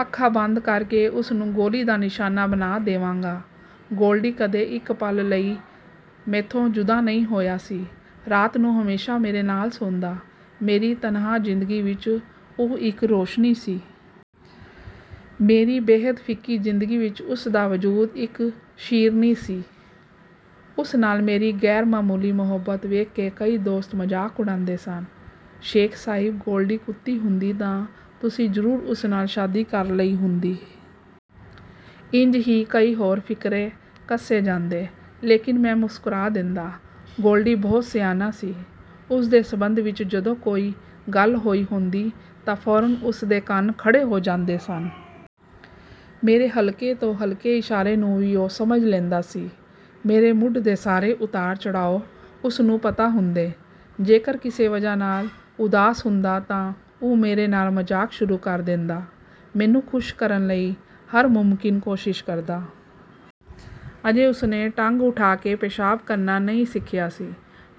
ਅੱਖਾਂ ਬੰਦ ਕਰਕੇ ਉਸਨੂੰ ਗੋਲੀ ਦਾ ਨਿਸ਼ਾਨਾ ਬਣਾ ਦੇਵਾਂਗਾ। ਗੋਲਡੀ ਕਦੇ ਇੱਕ ਪਲ ਲਈ ਮੈਥੋਂ ਜੁਦਾ ਨਹੀਂ ਹੋਇਆ ਸੀ। ਰਾਤ ਨੂੰ ਹਮੇਸ਼ਾ ਮੇਰੇ ਨਾਲ ਸੌਂਦਾ। ਮੇਰੀ ਤਨਹਾ ਜ਼ਿੰਦਗੀ ਵਿੱਚ ਉਹ ਇੱਕ ਰੋਸ਼ਨੀ ਸੀ। ਮੇਰੀ ਬੇਹੱਦ ਫਿੱਕੀ ਜ਼ਿੰਦਗੀ ਵਿੱਚ ਉਸਦਾ ਵਜੂਦ ਇੱਕ ਸ਼ੀਰਨੀ ਸੀ। ਉਸ ਨਾਲ ਮੇਰੀ ਗ਼ੈਰਮਾਮੂਲੀ ਮੁਹੱਬਤ ਵੇਖ ਕੇ ਕਈ ਦੋਸਤ ਮਜ਼ਾਕ ਉੜਾਂਦੇ ਸਨ। ਸ਼ੇਖ ਸਾਹਿਬ ਗੋਲਡੀ ਕੁੱਤੀ ਹੁੰਦੀ ਤਾਂ ਤੁਸੀਂ ਜ਼ਰੂਰ ਉਸ ਨਾਲ ਸ਼ਾਦੀ ਕਰ ਲਈ ਹੁੰਦੀ। ਇੰਜ ਹੀ ਕਈ ਹੋਰ ਫ਼ਿਕਰੇ ਕਸੇ ਜਾਂਦੇ, ਲੇਕਿਨ ਮੈਂ ਮੁਸਕਰਾ ਦਿੰਦਾ। ਗੋਲਡੀ ਬਹੁਤ ਸਿਆਣਾ ਸੀ। ਉਸ ਦੇ ਸੰਬੰਧ ਵਿੱਚ ਜਦੋਂ ਕੋਈ ਗੱਲ ਹੋਈ ਹੁੰਦੀ ਤਾਂ ਫ਼ੌਰਨ ਉਸ ਦੇ ਕੰਨ ਖੜੇ ਹੋ ਜਾਂਦੇ ਸਨ। ਮੇਰੇ ਹਲਕੇ ਤੋਂ ਹਲਕੇ ਇਸ਼ਾਰੇ ਨੂੰ ਵੀ ਉਹ ਸਮਝ ਲੈਂਦਾ ਸੀ। ਮੇਰੇ ਮੂਡ ਦੇ ਸਾਰੇ ਉਤਾਰ ਚੜ੍ਹਾਓ ਉਸਨੂੰ ਪਤਾ ਹੁੰਦੇ। ਜੇਕਰ ਕਿਸੇ ਵਜ੍ਹਾ ਨਾਲ ਉਦਾਸ ਹੁੰਦਾ ਤਾਂ ਉਹ ਮੇਰੇ ਨਾਲ ਮਜ਼ਾਕ ਸ਼ੁਰੂ ਕਰ ਦਿੰਦਾ, ਮੈਨੂੰ ਖ਼ੁਸ਼ ਕਰਨ ਲਈ ਹਰ ਮੁਮਕਿਨ ਕੋਸ਼ਿਸ਼ ਕਰਦਾ। ਅਜੇ ਉਸ ਨੇ ਟੰਗ ਉਠਾ ਕੇ ਪੇਸ਼ਾਬ ਕਰਨਾ ਨਹੀਂ ਸਿੱਖਿਆ ਸੀ,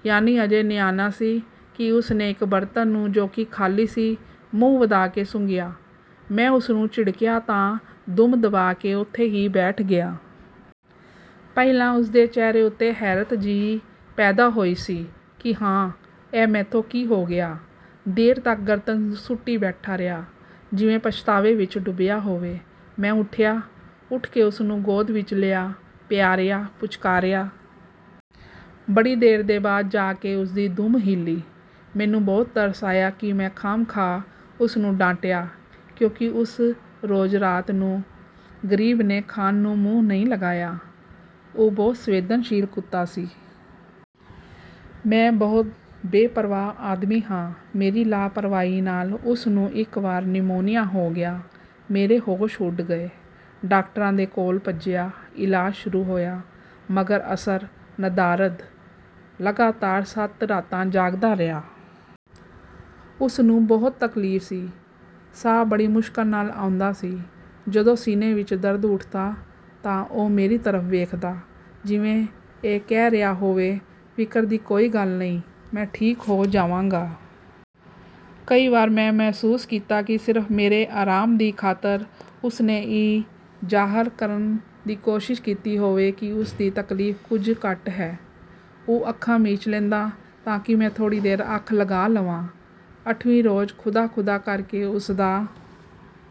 ਯਾਨੀ ਅਜੇ ਨਿਆਣਾ ਸੀ ਕਿ ਉਸ ਨੇ ਇੱਕ ਬਰਤਨ ਨੂੰ, ਜੋ ਕਿ ਖ਼ਾਲੀ ਸੀ, ਮੂੰਹ ਵਧਾ ਕੇ ਸੁੰਘਿਆ। ਮੈਂ ਉਸਨੂੰ ਝਿੜਕਿਆ ਤਾਂ ਦੁਮ ਦਬਾ ਕੇ ਉਥੇ ਹੀ ਬੈਠ ਗਿਆ। ਪਹਿਲਾਂ ਉਸ ਦੇ ਚਿਹਰੇ ਉੱਤੇ ਹੈਰਤ ਜਿਹੀ ਪੈਦਾ ਹੋਈ ਸੀ ਕਿ ਹਾਂ, ਇਹ ਮੈਥੋਂ ਕੀ ਹੋ ਗਿਆ। ਦੇਰ ਤੱਕ ਗਰਦਨ ਸੁੱਟੀ ਬੈਠਾ ਰਿਹਾ, ਜਿਵੇਂ ਪਛਤਾਵੇ ਵਿੱਚ ਡੁੱਬਿਆ ਹੋਵੇ। ਮੈਂ ਉੱਠਿਆ। ਉਠ ਕੇ ਉਸਨੂੰ ਗੋਦ ਵਿੱਚ ਲਿਆ, ਪਿਆਰਿਆ ਪੁਚਕਾਰਿਆ। ਬੜੀ ਦੇਰ ਦੇ ਬਾਅਦ ਜਾ ਕੇ ਉਸਦੀ ਦੁਮ ਹਿਲੀ। ਮੈਨੂੰ ਬਹੁਤ ਤਰਸ ਆਇਆ ਕਿ ਮੈਂ ਖ਼ਾਹ ਮਖ਼ਾਹ ਉਸਨੂੰ ਡਾਂਟਿਆ ਕਿਉਂਕਿ ਉਸ ਰੋਜ਼ ਰਾਤ ਨੂੰ ਗਰੀਬ ਨੇ ਖਾਣ ਨੂੰ ਮੂੰਹ ਨਹੀਂ ਲਗਾਇਆ। ਉਹ ਬਹੁਤ ਸੰਵੇਦਨਸ਼ੀਲ ਕੁੱਤਾ ਸੀ। ਮੈਂ ਬਹੁਤ ਬੇਪਰਵਾਹ ਆਦਮੀ ਹਾਂ। ਮੇਰੀ ਲਾਪਰਵਾਹੀ ਨਾਲ ਉਸ ਨੂੰ ਇੱਕ ਵਾਰ ਨਿਮੋਨੀਆ ਹੋ ਗਿਆ। ਮੇਰੇ ਹੋਸ਼ ਉੱਡ ਗਏ। ਡਾਕਟਰਾਂ ਦੇ ਕੋਲ ਭੱਜਿਆ। ਇਲਾਜ ਸ਼ੁਰੂ ਹੋਇਆ। ਮਗਰ ਅਸਰ ਨਦਾਰਦ। ਲਗਾਤਾਰ ਸੱਤ ਰਾਤਾਂ ਜਾਗਦਾ ਰਿਹਾ। ਉਸਨੂੰ ਬਹੁਤ ਤਕਲੀਫ਼ ਸੀ। ਸਾਹ ਬੜੀ ਮੁਸ਼ਕਲ ਨਾਲ ਆਉਂਦਾ ਸੀ। ਜਦੋਂ ਸੀਨੇ ਵਿੱਚ ਦਰਦ ਉੱਠਦਾ ਤਾਂ ਉਹ ਮੇਰੀ ਤਰਫ਼ ਵੇਖਦਾ, ਜਿਵੇਂ ਇਹ ਕਹਿ ਰਿਹਾ ਹੋਵੇ, ਫ਼ਿਕਰ ਦੀ ਕੋਈ ਗੱਲ ਨਹੀਂ, ਮੈਂ ਠੀਕ ਹੋ ਜਾਵਾਂਗਾ। ਕਈ ਵਾਰ ਮੈਂ ਮਹਿਸੂਸ ਕੀਤਾ ਕਿ ਸਿਰਫ ਮੇਰੇ ਆਰਾਮ ਦੀ ਖ਼ਾਤਰ ਉਸ ਨੇ ਇਹ ਜ਼ਾਹਰ ਕਰਨ ਦੀ ਕੋਸ਼ਿਸ਼ ਕੀਤੀ ਹੋਵੇ ਕਿ ਉਸਦੀ ਤਕਲੀਫ ਕੁੱਝ ਘੱਟ ਹੈ। ਉਹ ਅੱਖਾਂ ਮੀਚ ਲੈਂਦਾ, ਤਾਂਕਿ ਮੈਂ ਥੋੜ੍ਹੀ ਦੇਰ ਅੱਖ ਲਗਾ ਲਵਾਂ। ਅਠਵੀਂ ਰੋਜ਼ ਖ਼ੁਦਾ ਖ਼ੁਦਾ ਕਰਕੇ ਉਸ ਦਾ